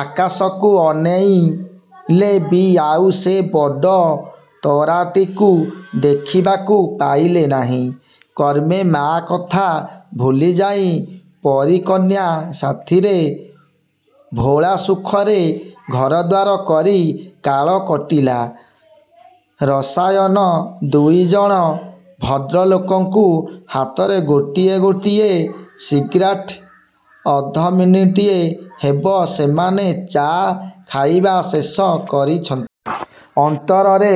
ଆକାଶକୁ ଅନେଇଲେ ବି ଆଉ ସେ ବଡ଼ ତରାଟିକୁ ଦେଖିବାକୁ ପାଇଲାନି। କ୍ରମେ ମା କଥା ଭୁଲିଯାଇ ପରୀ କନ୍ୟା ସାଥିରେ ଭୋଳା ସୁଖରେ ଘରଦ୍ୱାର କରି କାଳ କଟିଲା। ରସାୟନ ଦୁଇଜଣ ଭଦ୍ରଲୋକଙ୍କ ହାତରେ ଗୋଟିଏ ଗୋଟିଏ ସିଗାରେଟ୍। ଅଧମିନିଟ୍ ହେବ ସେମାନେ ଚା' ଖାଇବା ଶେଷ କରିଛନ୍ତି। ଅନ୍ତରରେ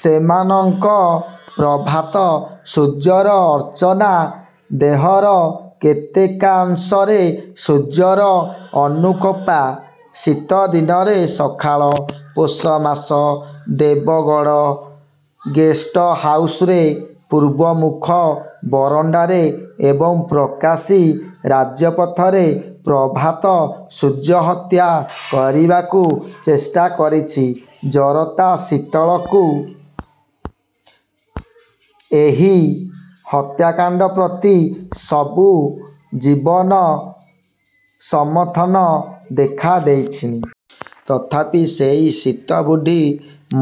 ସେମାନଙ୍କର ପ୍ରଭାତ ସୂର୍ଯ୍ୟର ଅର୍ଚ୍ଚନା, ଦେହର କେତେକାଂଶରେ ସୂର୍ଯ୍ୟର ଅନୁକଂପା। ଶୀତଦିନର ସକାଳ। ପୌଷ ମାସ! ଦେବଗଡ଼ ଗେଷ୍ଟହାଉସର ପୂର୍ବମୁଖ ବରଣ୍ଡାରେ ଏବଂ ପ୍ରକାଶ୍ୟ ରାଜପଥରେ ପ୍ରଭାତ ସୂର୍ଯ୍ୟ ହତ୍ୟା କରିବାକୁ ଚେଷ୍ଟା କରୁଛି ଜରତା ଶୀତକୁ। ଏହି ହତ୍ୟାକାଣ୍ଡ ପ୍ରତି ସବୁ ଜୀବର ସମର୍ଥନ ଦେଖାଦେଇଛି। ତଥାପି ସେଇ ଶୀତବୁଢ଼ୀ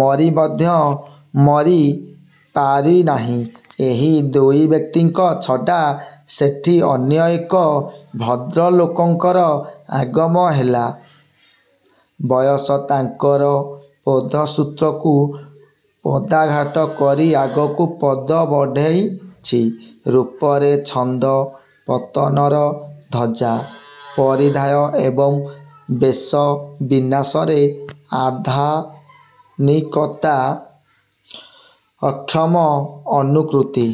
ମରି ମଧ୍ୟ ମରି ପାରୁ ନାହିଁ। ଏହି ଦୁଇ ବ୍ୟକ୍ତିଙ୍କ ଛଡ଼ା ସେଠି ଅନ୍ୟ ଏକ ଭଦ୍ରଲୋକଙ୍କର ଆଗମ ହେଲା। ବୟସ ତାଙ୍କର ପ୍ରୌଢ଼ତ୍ଵକୁ ପଦାଘାତ କରି ଆଗକୁ ପଦ ବଢ଼େଇଚି। ରୂପରେ ଛନ୍ଦପତନର ଧ୍ୱଜା। ପରିଧେୟ ଏବଂ ବେଶ ବିନ୍ୟାସରେ ଆଧୁନିକତାର ଅକ୍ଷମ ଅନୁକୃତି।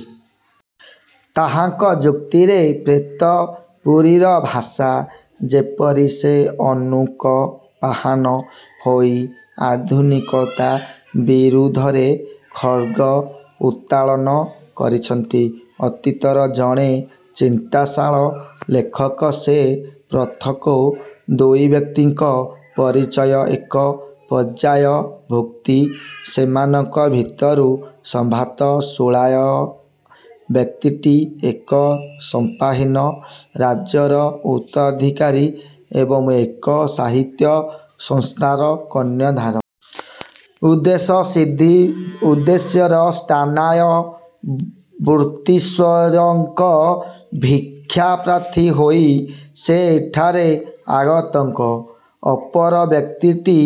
ତାହାଙ୍କ ଯୁକ୍ତିରେ ପ୍ରେତପୁରୀର ଭାଷା। ଯେପରି ସେ ଅନୁକଂପାହୀନ ହୋଇ ଆଧୁନିକତା ବିରୁଦ୍ଧରେ ଖଡ଼୍ଗ ଉତ୍ତୋଳନ କରିଛନ୍ତି। ଅତୀତର ଜଣେ ଚିନ୍ତାଶୀଳ ଲେଖକ ସେ। ପ୍ରଥମୋକ୍ତ ଦୁଇବ୍ୟକ୍ତିଙ୍କ ପରିଚୟ ଏକ ପର୍ଯ୍ୟାୟଭୁକ୍ତ। ସେମାନଙ୍କ ଭିତରୁ ସମ୍ଭ୍ରାନ୍ତ ସ୍ଥୂଳକାୟ ବ୍ୟକ୍ତିଟି ଏକ ସତ୍ତାହୀନ ରାଜ୍ୟର ଉତ୍ତରାଧିକରୀ ଏବଂ ଏକ ସାହିତ୍ୟ-ସଂସ୍ଥାର କର୍ଣ୍ଣଧାର-। ଉଦ୍ଦେଶ୍ୟ ସିଦ୍ଧି ଉଦ୍ଦେଶ୍ୟରେ ସ୍ଥାନୀୟ ବୃତ୍ତୀଶ୍ୱରଙ୍କ ଭିକ୍ଷାପ୍ରାର୍ଥୀ ହୋଇ ସେ ଏଠାରେ ଆଗନ୍ତୁକ-। ଅପର ବ୍ୟକ୍ତିଟି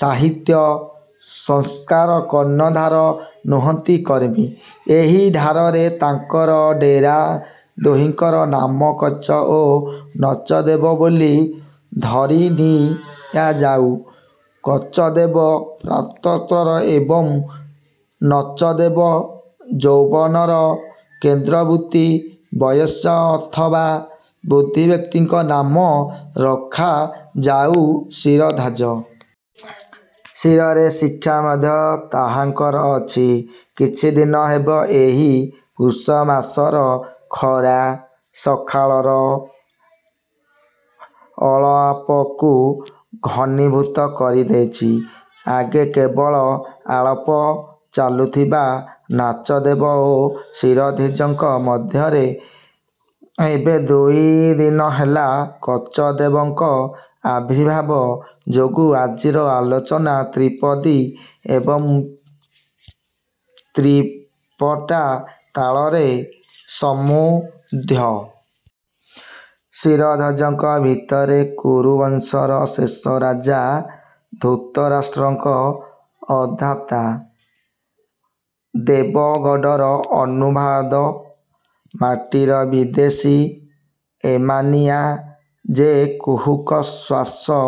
ସାହିତ୍ୟ-ସଂସ୍ଥାର କର୍ଣ୍ଣ-ଧାର ନୁହଁନ୍ତି, କର୍ମୀ। ଏହିଠାରେ ତାଙ୍କର ଡେରା-। ଦୁହିଁଙ୍କର ନାମ କଚ ଓ ନଚଦେବ ବୋଲି ଧରିନିଆଯାଉ। କଚଦେବ ପ୍ରୌଢ଼ତ୍ୱର ଏବଂ ନଚଦେବ ଯୌବନର କେନ୍ଦ୍ରବର୍ତ୍ତୀ। ବୟସ୍କ ଅଥବା ବୃଦ୍ଧ ବ୍ୟକ୍ତିଙ୍କ ନାମ ରଖାଯାଉ ଶିରଧ୍ୱଜ। ଶିରରେ ଶିଖା ମଧ୍ୟ ତାହାଙ୍କର ଅଛି। କିଛିଦିନ ହେବ ଏହି ପୁଷମାସର ଖରା ସକାଳର ଆଳାପକୁ ଘନୀଭୂତ କରି ଦେଇଛି। ଆଗେ କେବଳ ଆଳାପ ଚାଲୁଥିଲା ନଚଦେବ ଓ ଶିରଧ୍ୱଜଙ୍କ ମଧ୍ୟରେ। ଏବେ ଦୁଇଦିନ ହେଲା କଚଦେବଙ୍କ ଆବିର୍ଭାବ ଯୋଗୁ ଆଜିର ଆଲୋଚନା ତ୍ରିପଦୀ ଏବଂ ତ୍ରୀପଟା ତାଳରେ ସମୃଦ୍ଧ। ଶିରଧ୍ଵଜଙ୍କ ଭିତରେ କୁରୁବଂଶର ଶେଷ ରାଜା ଧୃତରାଷ୍ଟ୍ରଙ୍କ ଅନ୍ଧତା। ଦେବଗଡ଼ର ଅନୁବାଦ ମାଟିରେ ବିଦେଶୀ ଏମୋନିଆ ଯେ କୁହୁକ ସ୍ପର୍ଶ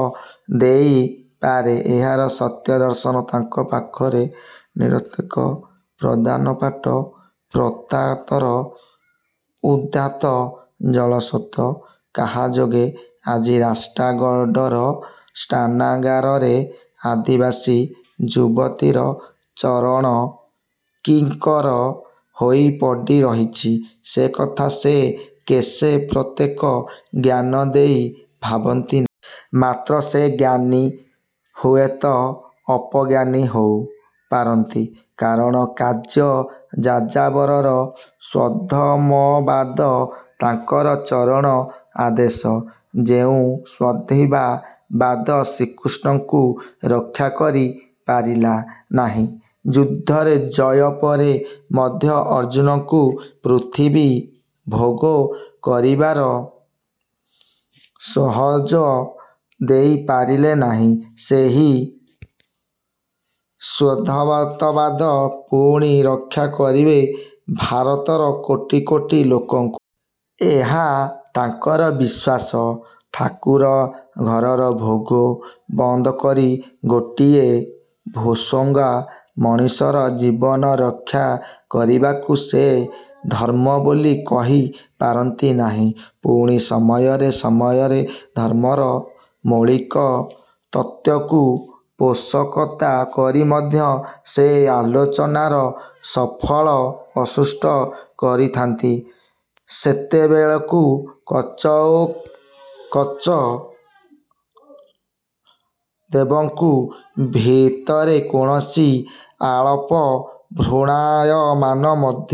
ଦେଇ ପାରେ ଏହାର ସତ୍ୟ ଦର୍ଶନ ତାଙ୍କ ପାଖରେ ନିରର୍ଥକ। ପ୍ରଧାନ ପାଟ ପ୍ରପାତର ଉଦ୍ଧତ ଜଳସ୍ରୋତ କହାଯୋଗେ ଆଜି ରାସ୍ତାକଡ଼ର ସ୍ନାନାଗାରରେ ଆଦିବାସୀ ଯୁବତୀର ଚରଣକିଙ୍କର ହୋଇ ପଡ଼ିରହିଛି ସେ କଥା ସେ କେବେ ପ୍ରତ୍ୟକ୍ଷ ଜ୍ଞାନ ଦେଇ ଭାବନ୍ତି ନାହିଁ। ମାତ୍ର ସେ ଜ୍ଞାନୀ। ହୁଏ ତ ଅପଜ୍ଞାନୀ ହୋଇ ପାରନ୍ତି-। କାରଣ, ଆର୍ଯ୍ୟ ଯାଯାବରର ସ୍ଵଧର୍ମବାଦ ତାଙ୍କର ଚରମ ଆଦର୍ଶ। ଯେଉଁ ସ୍ଵଧର୍ମବାଦ ଶ୍ରୀକୃଷ୍ଣଙ୍କୁ ରକ୍ଷା କରି ପାରିଲା ନାହିଁ, ଯୁଦ୍ଧର ଜୟ ପରେ ମଧ୍ୟ ଅର୍ଜୁନଙ୍କୁ ପୃଥିବୀ ଭୋଗ କରିବାର ସୁଯୋଗ ଦେଇ ପାରିଲା ନାହିଁ, ସେହି ସ୍ଵଧର୍ମବାଦ ପୁଣି ରକ୍ଷା କରିବ ଭାରତର କୋଟି କୋଟି ଲୋକଙ୍କୁ-। ଏହା ତାଙ୍କର ବିଶ୍ୱାସ।... ଠାକୁର ଘରର ଭୋଗ ବନ୍ଦ କରି ଗୋଟାଏ ବୁଭୁକ୍ଷୁ ମଣିଷର ଜୀବନ ରକ୍ଷା କରିବାକୁ ସେ ଧର୍ମ ବୋଲି କହି ପାରନ୍ତି ନାହିଁ। ପୁଣି ସମୟେ ସମୟେ ଧର୍ମର ମୌଳିକ ତତ୍ତ୍ଵକୁ ପୋଷକତା କରି ମଧ୍ୟ ସେ ଆଲୋଚନାର ସଂଳାପ ପ୍ରସ୍ତୁତ କରିଥାନ୍ତି। ସେତେବେଳକୁ କଚ ଓ ନଚଦେବଙ୍କ ଭିତରେ କୌଣସି ଆଳାପ ଭ୍ରୂଣାୟମାନ ମଧ୍ୟ